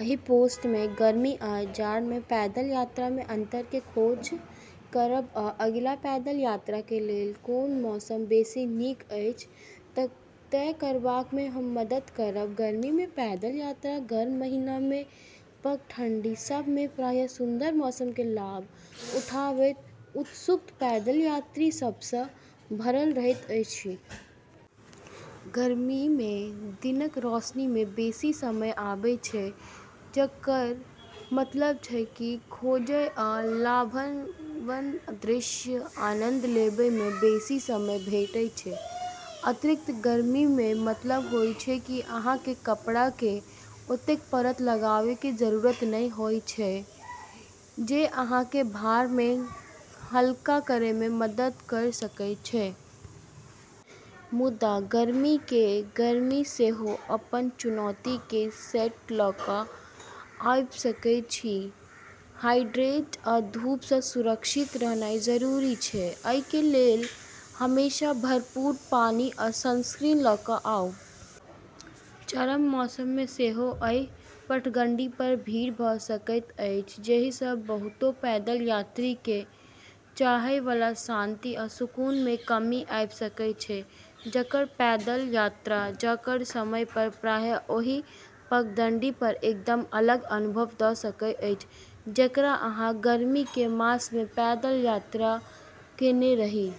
एहि पोस्ट में हम गर्मी आ जाड़ में पैदल यात्रा में अंतर के खोज करब आ अगिला पैदल यात्रा के लेल कोन मौसम बेसी नीक अछि से तय करबा में मदद करब। गर्मी में पैदल यात्रा गर्म महीना में, पगडंडी सब में प्रायः सुन्दर मौसम के लाभ उठाबैत उत्सुक पैदल यात्री सब सं भरल रहैत अछि। गर्मी में दिनक रोशनी में बेसी समय अबैत छैक, जकर मतलब छैक, खोजय आ लुभावन दृश्यक आनंद लेबय में बेसी समय भेटैत छैक। अतिरिक्त गर्मी कें मतलब इहो छै कि अहां कें कपड़ा कें ओतेक परत लावय कें जरूरत नहि होयत, जे अहां कें भार कें हल्का करय मे मदद कयर सकय छै। मुदा गर्मी के गर्मी सेहो अपन चुनौती के सेट ल क आबि सकैत अछि। हाइड्रेटेड आ धूप सं सुरक्षित रहनाय जरूरी छै, अइ कें लेल हमेशा भरपूर पानी आ सनस्क्रीन ल क आऊं। चरम मौसम में सेहो एहि पगडंडी पर भीड़ भ सकैत अछि, जाहि सं बहुतो पैदल यात्री के चाहय वाला शांति आ सुकून में कमी आबि सकैत अछि। जाड़क पैदल यात्रा जाड़क समय प्रायः ओही पगडंडी पर एकदम अलग अनुभव द सकैत अछि जकरा अहाँ गर्मीक मास में पैदल यात्रा केने रही।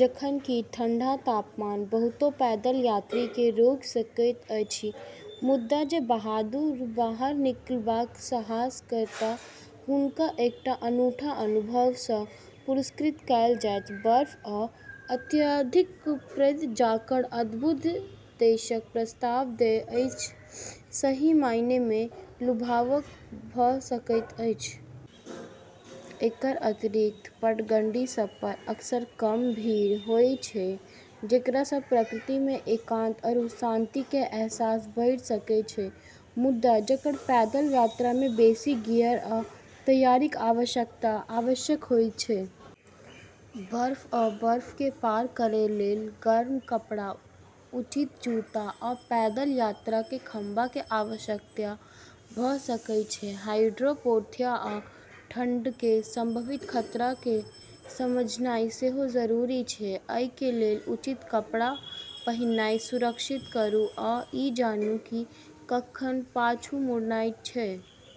जखन कि ठंडा तापमान बहुतो पैदल यात्री के रोकि सकैत अछि, मुदा जे बहादुर बाहर निकलबाक साहस करताह हुनका एकटा अनूठा अनुभव सं पुरस्कृत कयल जायत। बर्फ सं आच्छादित परिदृश्य जाड़क अद्भुत देशक प्रस्ताव दैत अछि जे सही मायने में लुभावन भ सकैत अछि। एकर अतिरिक्त, पगडंडी सब प अक्सर कम भीड़ होय छै, जेकरा स प्रकृति मे एकांत आरू शांति केर एहसास बढ़ी सकै छै। मुदा, जाड़क पैदल यात्रामें बेसी गियर आ तैयारीक आवश्यकता अवश्य होइत छैक। बर्फ आ बर्फ कें पार करय कें लेल गर्म कपड़ा, उचित जूता, आ पैदल यात्रा कें खंभा कें आवश्यकता भ सकएयत छै। हाइपोथर्मिया आ ठंढक कें संभावित खतरा कें समझनाय सेहो जरूरी छै, अइ कें लेल उचित कपड़ा पहिरनाय सुनिश्चित करूं आ इ जानूं कि कखन पाछू मुड़ना छै।